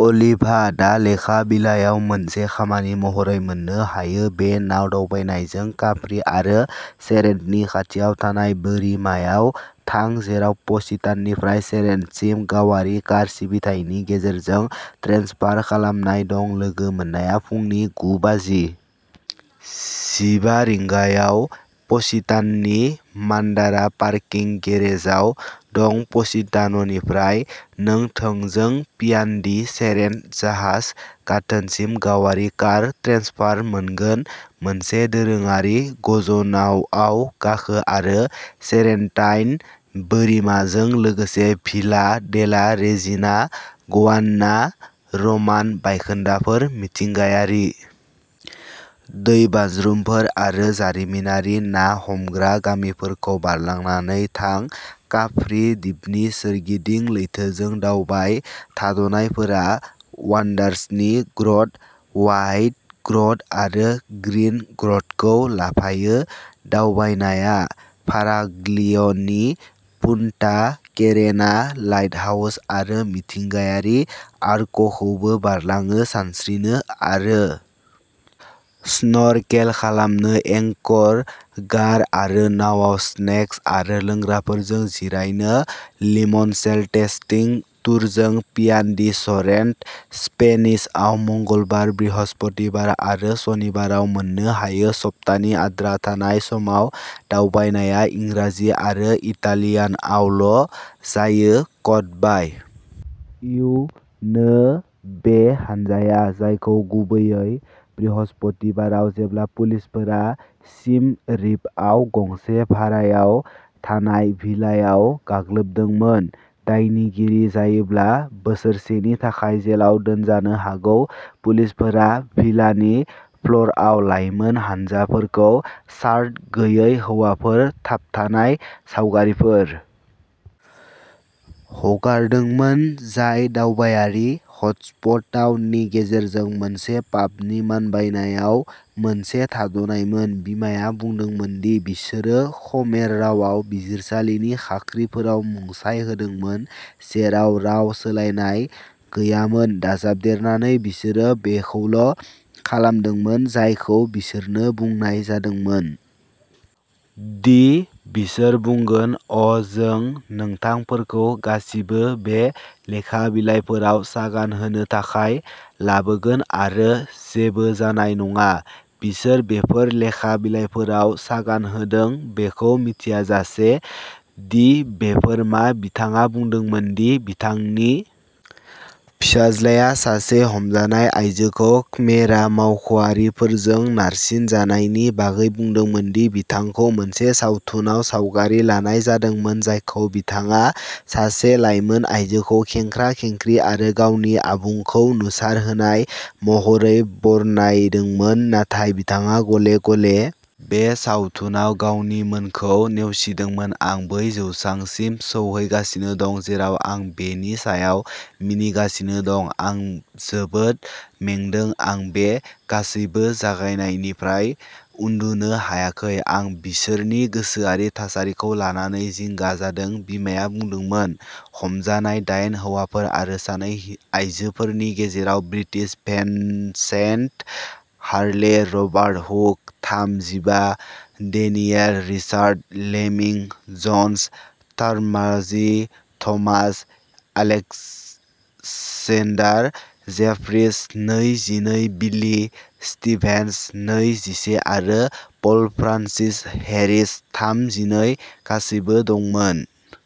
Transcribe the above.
अलिभा दा लेखा बिलायाव मोनसे खामानि महरै मोननो हायो बे नाव दावबायनायजों काप्रि आरो सेरेन्टनि खाथियाव थानाय बोरिमायाव थां जेराव पसिताननिफ्राय सेरेन्टसिम गावारि कार सिबिथायनि गेजेरजों ट्रेन्सफार खालामनाय दं लोगो मोननाया फुंनि गुबाजि जिबा रिंगायाव पसिताननि मान्दारा पार्किं गेरेजाव दं पसितान'निफ्राय नों थोंजों पियानदि सरेन्ट जाहाज गाथोनसिम गावारि कार ट्रेन्सफार मोनगोन मोनसे दोरोङारि गजनावआव गाखो आरो सरेन्टाइन बोरिमाजों लोगोसे भिला डेला रेजिना गवान्ना रमान बायखोन्दाफोर मिथिंगायारि दैबाज्रुमफोर आरो जारिमिनारि ना हमग्रा गामिफोरखौ बारलांनानै थां काप्रि दिपनि सोरगिदिं लैथोजों दावबाय थाद'नायफोरा व'न्डार्सनि ग्रट व्हाइट ग्रट आरो ग्रीन ग्रटखौ लाफायो दावबायनाया फाराग्लियनि पुन्टा केरेना लाइटहाउस आरो मिथिंगायारि आर्कखौबो बारलाङो सानस्रिनो आरो स्नर्केल खालामनो एंकर गार आरो नावाव स्नेक्स आरो लोंग्राफोरजों जिरायनो लिमनसेलटेस्टिं टुरजों पियानदि सरेन्ट स्पेनिशआव मंगलबार बृहस्पतिबार आरो सनिबाराव मोननो हायो सप्तानि आद्रा थानाय समाव दावबायनाया इंराजि आरो इटालियानआव ल' जायो कड बाइ इउ नो बे हानजाया जायखौ गुबैयै बृहस्पतिबाराव जेब्ला पुलिसफोरा सिम रिपआव गंसे भारायाव थानाय भिलायाव गाग्लोबदोंमोन दायनिगिरि जायोब्ला बोसोरसेनि थाखाय जेलाव दोनजानो हागौ पुलिसफोरा भिलानि फ्ल'रआव लाइमोन हानजाफोरखौ सार्ट गैयै हौवाफोर थाबथानाय सावगारिफोर हगारदोंमोन जाय दावबायारि हटस्पट टाउननि गेजेरजों मोनसे पाबनि मानबायनायाव मोनसे थाद'नायमोन बिमाया बुंदोंमोन दि बिसोरो खमेर रावाव बिजिरसालिनि खाख्रिफोराव मुंसाइ होदोंमोन जेराव राव सोलायनाय गैयामोन दाजाबदेरनानै बिसोरो बेखौल' खालामदोंमोन जायखौ बिसोरनो बुंनाय जादोंमोन दि बिसोर बुंगोन अ जों नोंथांफोरखौ गासिबो बे लेखा बिलाइफोराव सागान होनो थाखाय लाबोगोन आरो जेबो जानाय नङा बिसोर बेफोर लेखा बिलाइफोराव सागान होदों बेखौ मिथियाजासे दि बेफोर मा बिथाङा बुंदोंमोन दि बिथांनि फिसाज्लाया सासे हमजानाय आयजोखौ ख्मेरा मावख'आरिफोरजों नारसिनजानायनि बागै बुंदोंमोन दि बिथांखौ मोनसे सावथुनाव सावगारि लानाय जादोंमोन जायखौ बिथाङा सासे लाइमोन आयजोखौ खेंख्रा खेंख्रि आरो गावनि आबुखौ नुसारहोनाय महरै बरनायदोंमोन नाथाय बिथाङा गले गले बे सावथुनाव गावनिमोनखौ नेवसिदोंमोन आं बै जौसांसिम सौहैगासिनो दं जेराव आं बेनि सायाव मिनिगासिनो दं आं जोबोद मेंदों आं बे गासैबो जागायनायनिफ्राय उन्दुनो हायाखै आं बिसोरनि गोसोआरि थासारिखौ लानानै जिंगा जादों बिमाया बुंदोंमोन हमजानाय दाइन हौवाफोर आरो सानै हिन आयजोफोरनि गेजेराव ब्रिटिश भिनसेन्ट हार्ले रबार्ट हुक थाम जिबा डेनियेल रिचार्ड लेमिं जोन्स थार्माजि थमास एलेक्जेन्डार जेफ्रिस नै जिनै बिली स्टीभेन्स नै जिसे आरो पल फ्रान्सिस हेरिस थाम जिनै गासैबो दंमोन।